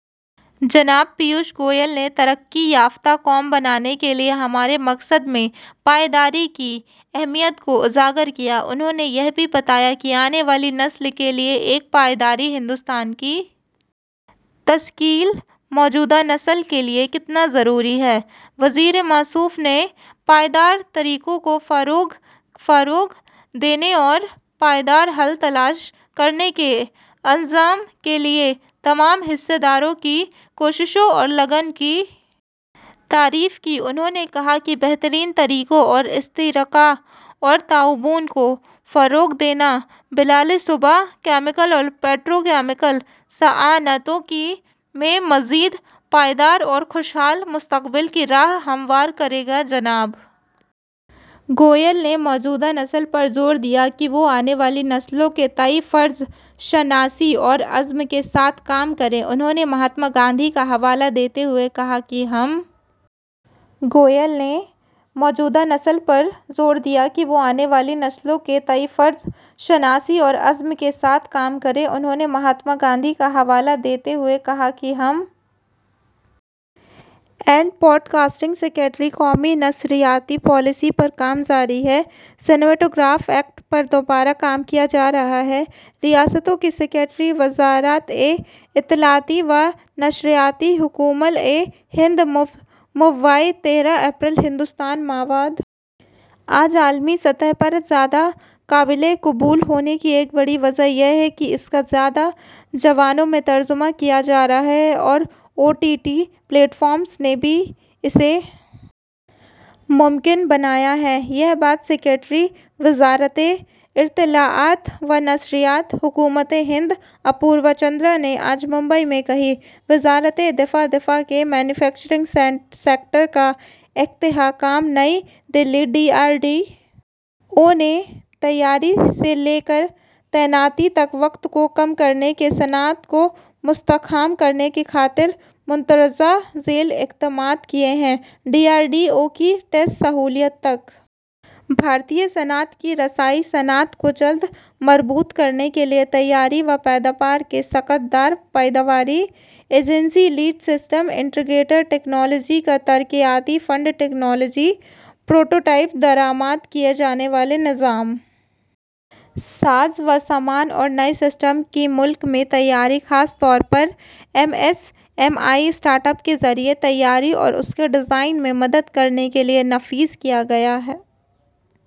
جناب پیوش گوئل نے ترقی یافتہ قوم بننے کے ہمارے مقصد میں پائیداری کی اہمیت کو اجاگر کیا انہوں نے یہ بھی بتایا کہ آنے والی نسل کے لیے ایک پائیدار ہندوستان کی تشکیل موجودہ نسل کے لیے کتنا ضروری ہے وزیر موصوف نے پائیدار طریقوں کو فروغ دینے اور پائیدار حل تلاش کرنے کے عزم کے لیے تمام حصص داروں کی کوششوں اور لگن کی تعریف کی انہوں نے کہا کہ بہترین طریقوں کا اشتراک اور تعاون کو فروغ دینا بلاشبہ کیمیکل اور پیٹرو کیمیکل صنعتوں میں مزید پائیدار اور خوشحال مستقبل کی راہ ہموار کرے گا جناب گوئل نے موجودہ نسل پر زور دیا کہ وہ آنے والی نسلوں کے تئیں فرض شناسی اور عزم کے ساتھ کام کریں انہوں نے مہاتما گاندھی کا حوالہ دیتے ہوئے کہا کہ ہم سب کو اگلی نسل کے لیے کرۂ ارض وراثت میں ملا ہے وزارت اطلاعات و نشریات او ٹی ٹی کی وجہ سے ہندوستانی مواد عالمی شائقین کے لیے زیادہ قابل رسائی ہے انفارمیشن اینڈ براڈکاسٹنگ سکریٹری قومی نشریاتی پالیسی پر کام جاری ہے سنیماٹوگراف ایکٹ پر دوبارہ کام کیا جا رہا ہے ریاستوں کے سکریٹری وزارت اطلاعات و نشریات حکومت ہند ممبئی تیرہ اپریل ہندوستانی مواد آج عالمی سطح پر زیادہ قابل قبول ہونے کی ایک بڑی وجہ یہ ہے کہ اس کا زیادہ زبانوں میں ترجمہ کیا جا رہا ہے اور O T T platforms نے اسے ممکن بنایا ہے یہ بات سکریٹری وزارت اطلاعات و نشریات حکومت ہند اپوروا چندرا نے آج ممبئی میں کہی وزارت دفاع دفاع کے مینو فیکچرنگ سیکٹر کا استحکام نئی Delhi D R D O نے تیاری سے لے کر تعیناتی تک وقت کو کم کرنے کے لیے صنعت کو مستحکم کرنے کی خاطر مندرجہ ذیل اقدامات کیے ہیں ڈی آر ڈی او کی ٹیسٹ سہولیات تک بھارتی صنعت کی رسائی صنعت کو جلد مربوط کرنے کے لیے تیاری و پیداوار کے شراکت دار پیداواری agency lead system integrator technology کا ترقیاتی فنڈ ٹیکنالوجی پروٹوٹائپ درآمد کیے جانے والے نظام ساز و سامان اور نئے سسٹم کی ملک میں تیاری خاص طور پر M S M E startup کے ذریعے تیاری اور اس کے ڈیزائن میں مدد کے لیے نافذ کیا گیا ہے